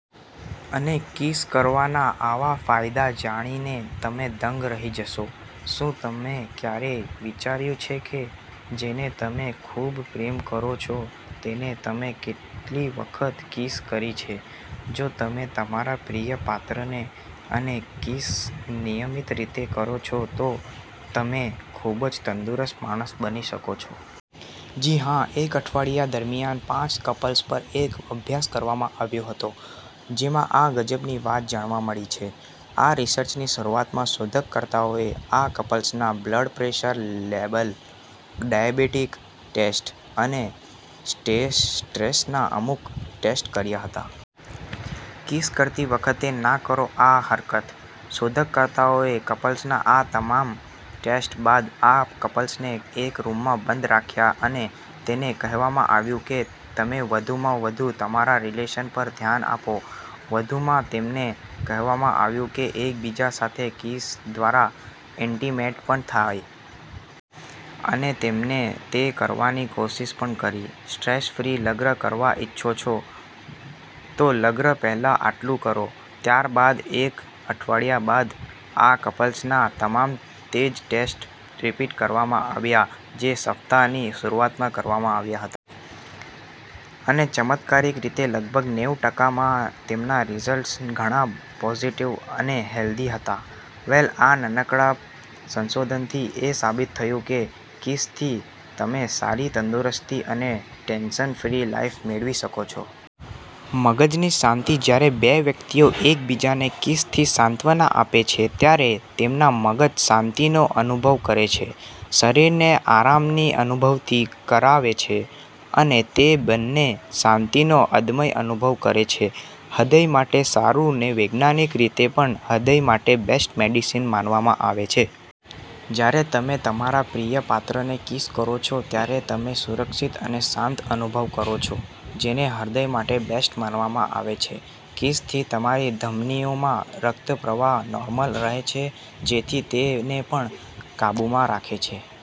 અને કિસ કરવાના આવા ફાયદા જાણીને તમે દંગ રહી જશો. શું તમે ક્યારેય વિચાર્યુ છેકે જેને તમે ખુબ પ્રેમ કરો છો તેને તમે કેટલી વખત કિસ કરી છે? જો તમે તમારા પ્રિય પાત્રને અને કિસ નિયમીત રીતે કરો છો, તો તમે ખુબ જ તંદુરસ્ત માણસ બની શકો છો. જી હા, એક અઠવાડિયા દરમ્યાન પાંચ કપલ્સ પર એક અભ્યાસ કરવામાં આવ્યો હતો જેમા આ ગજબની વાત જાણવા મળી છે. આ રીસર્ચની શરૂઆતમાં શોધકર્તાઓએ આ કપલ્સના blood pressure level, diabetic test, અને સ્ટ્રેસના અમુક ટેસ્ટ કર્યા હતા. કિસ કરતી વખતે ના કરો આ હરકત શોધકર્તાઓએ કપલ્સના આ તમામ ટેસ્ટ બાદ આ કપલ્સને એક રૂમમાં બંધ રાખ્યા અને તેમને કહેવામાં આવ્યુ કે તમે વધુમાં વધુ તમારા રીલેશન પર ધ્યાન આપો વધુમાં તેમને કહેવામાં આવ્યુ કે એકબીજા સાથે કિસ દ્વારા ઇન્ટીમેટપણ થાવ. અને તેમણે તે કરવાની કોશિષ પણ કરી. સ્ટ્રેસ ફ્રી લગ્ન કરવા ઇચ્છો છો? તો લગ્ન પહેલા આટલું કરો .ત્યારબાદ એક અઠવાડિયા બાદ આ કપલ્સના તમામ તેજ ટેસ્ટ રીપીટ કરવામાં આવ્યા જે સપ્તાહની શરૂઆતમાં કરવામાં આવ્યા હતા. અને ચમત્કારિક રીતે લગભગ નેવ ટકા માં તેમના રીઝલ્ટ્સ ઘણાં પોઝીટીવ અને હેલ્થી હતા. વેલ આ નાનકડા સંશોધનથી એ સાબિત થયુ છે કે કિસ થી તમેં સારી તંદુરસ્તી અને ટેન્શન ફ્રી લાઇફ મેળવી શકો છો. મગજની શાંતિ જ્યારે બે વ્યક્તિઓ એકબીજાને કિસથી સાંત્વના આપે છે, ત્યારે તેમના મગજ શાંતિનો અનુભવ કરે છે. શરીરને આરામની અનુભૂતિ કરાવે છે, અને તે બંને શાંતિનો અદમ્ય અનુભવ કરે છે. હ્રદય માટે સારૂં ને વૈજ્ઞાનિક રીતે પણ હ્રદય માટે બેસ્ટ મેડિસીન માનવામાં આવે છે. જ્યારે તમે તમારા પ્રિય પાત્રને કિસ કરો છો, ત્યારે તમે સુરક્ષિત અને શાંત અનુભવ કરો છો. જેને હ્રદય માટે બેસ્ટ માનવામાં આવે છે. કિસ થી તમારી ધમનીઓમાં રક્તપ્રવાહ નોર્મલ રહે છે, જેથી તે ને પણ કાબુમાં રાખે છે.